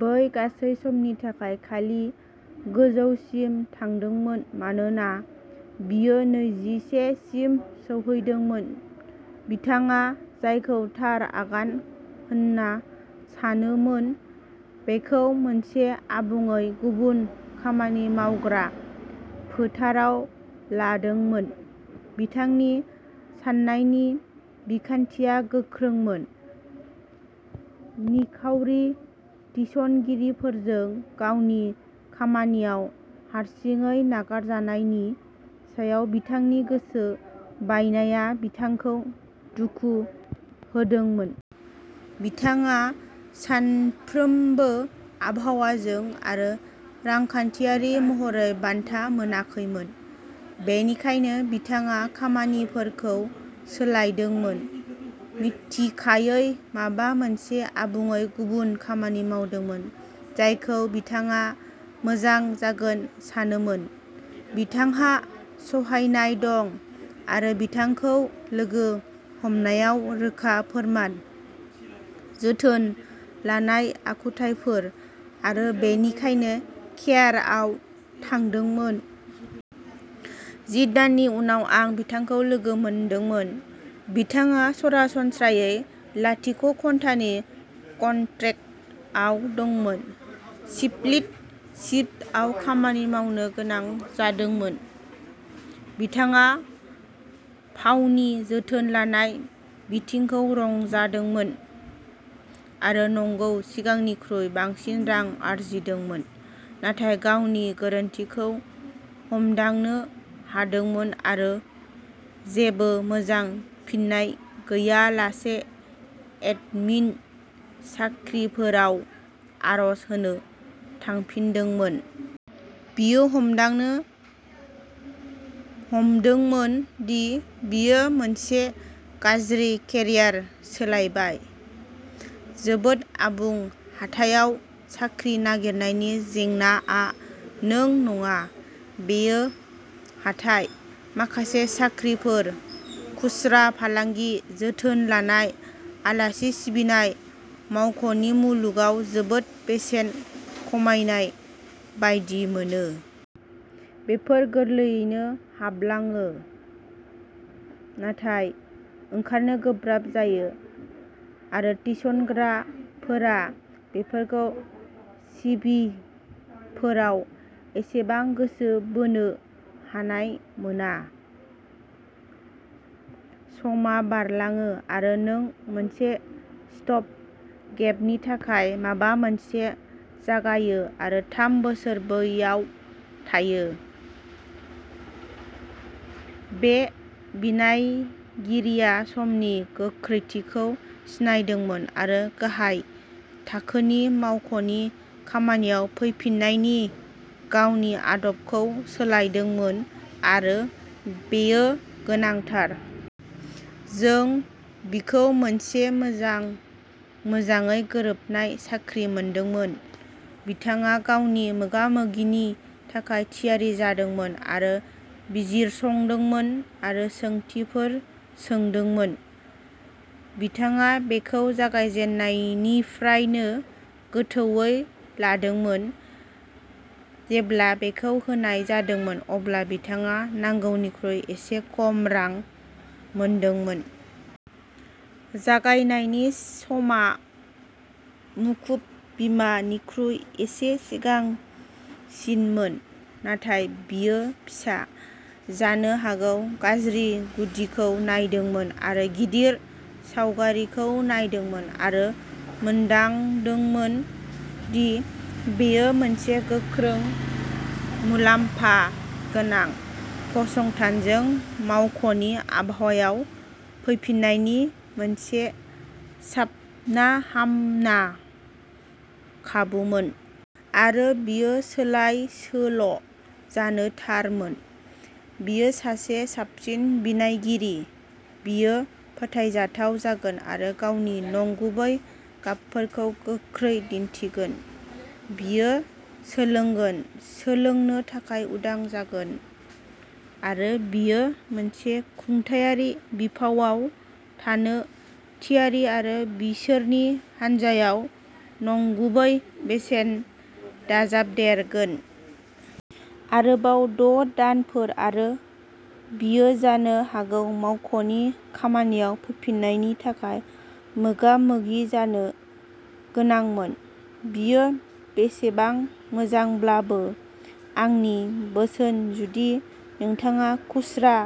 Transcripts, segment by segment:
बै गासै समनि थाखाय खालि गोजौसिम थांदोंमोन मानोना बियो नैजिसे सिम सौहैदोंमोन बिथाङा जायखौ थार आगान होनना सानोमोन, बेखौ मोनसे आबुङै गुबुन खामानि मावग्रा फोथाराव लादोंमोन। बिथांनि साननायनि बिखान्थिया गोख्रोंमोन। निखावरि थिसनगिरिफोरजों गावनि खामानियाव'हारसिङै नागारजानाय'नि सायाव बिथांनि गोसो बायनाया बिथांखौ दुखु होदोंमोन। बिथाङा सानफ्रोमबो आबहावाजों आरो रांखान्थियारि महरै बान्था मोनाखैमोन। बेनिखायनो बिथाङा खामानिफोरखौ सोलायदोंमोन, मिथिखायै माबा मोनसे आबुङै गुबुन खामानि मावदोंमोन जायखौ बिथाङा मोजां जागोन सानोमोन। बिथांहा सहायनाय दं आरो बिथांखौ लोगो हमनायाव, रोखा फोरमान, जोथोन लानाय आखुथायफोर आरो बेनिखायनो केयारआव थांदोंमोन। जि दाननि उनाव आं बिथांखौ लोगो मोनदोंमोन। बिथाङा सरासनस्रायै लाथिख'घन्टानि कन्ट्रेक्टआव दंमोन, स्प्लिट शिफ्टआव खामानि मावनो गोनां जादोंमोन। बिथाङा फावनि जोथोन लानाय बिथिंखौ रंजादोंमोन आरो नंगौ, सिगांनिख्रुइ बांसिन रां आर्जिदोंमोन, नाथाय गावनि गोरोन्थिखौ हमदांनो हादोंमोन आरो जेबो मोजां फिननाय गैयालासे एडमिन साख्रिफोराव आर'ज होनो थांफिनदोंमोन। बियो हमदांनो हमदोंमोन दि बियो मोनसे गाज्रि केरियार सोलायबाय। जोबोद आबुं हाथायाव साख्रि नागिरनायनि जेंनाआ नों नङा। बेयो हाथाइ। माखासे साख्रिफोर, खुस्रा फालांगि, जोथोन लानाय, आलासि सिबिनाय, मावख'नि मुलुगाव जोबोद बेसेन खमायनाय बायदि मोनो। बेफोर गोरलैयैनो हाबलाङो नाथाय ओंखारनो गोब्राब जायो आरो थिसनग्राफोरा बेफोरखौ सिभिफोराव एसेबां गोसो बोनो हानाय मोना। समआ बारलाङो आरो नों मोनसे'स्टप-गेप'नि थाखाय माबा मोनसे जागायो आरो थाम बोसोर बैयाव थायो। बे बिनायगिरिया समनि गोख्रैथिखौ सिनायदोंमोन आरो गाहाय थाखोनि मावख'नि खामानियाव फैफिन्नायनि गावनि आदबखौ सोलायदोंमोन आरो बेयो गोनांथार। जों बिखौ मोनसे मोजां, मोजाङै गोरोबनाय साख्रि मोनदोंमोन। बिथाङा गावनि मोगा-मोगिनि थाखाय थियारि जादोंमोन आरो बिजिरसंदोंमोन आरो सोंथिफोर सोंदोंमोन। बिथाङा बेखौ जागायजेन्नायनिफ्रायनो गोथौवै लादोंमोन। जेब्ला बेखौ होनाय जादोंमोन अब्ला बिथाङा नांगौनिख्रुइ एसे खम रां मोनदोंमोन। जागायनायनि समा मुखुब बिमा निख्रुइ एसे सिगांसिनमोन, नाथाय बियो फिसा, जानो हागौ गाज्रि गुदिखौ नायदोंमोन आरो गिदिर सावगारिखौ नायदोंमोन आरो मोनदांदोंमोन दि बेयो मोनसे गोख्रों, मुलाम्फा गोनां फसंथानजों मावख'नि आबहावायाव फैफिन्नायनि मोनसे साबनाहामना खाबुमोन। आरो बियो सोलायसोल'जानो थारमोन। बियो सासे साबसिन बिनायगिरि। बियो फोथायजाथाव जागोन आरो गावनि नंगुबै गाबफोरखौ गोख्रै दिन्थिगोन। बियो सोलोंगोन, सोलोंनो थाखाय उदां जागोन आरो बियो मोनसे खुंथायारि बिफावआव थानो थियारि आरो बिसोरनि हानजायाव नंगुबै बेसेन दाजाबदेरगोन। आरोबाव द' दानफोर आरो बियो जानो हागौ मावख'नि खामानियाव फैफिन्नायनि थाखाय मोगामोगि जानो गोनांमोन। बियो बेसेबां मोजांब्लाबो। आंनि बोसोन जुदि नोंथाङा खुस्रा,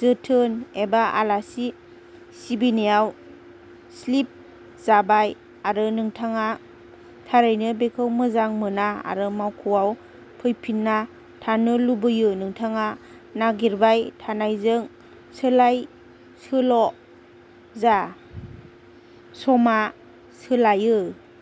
जोथोन एबा आलासि सिबिनायाव'स्लिप'जाबाय आरो नोंथाङा थारैनो बेखौ मोजां मोना आरो मावख'आव फैफिन्ना थानो लुबैयो-नोंथाङा नागिरबाय थानायजों सोलायसोल'जा। समआ सोलायो।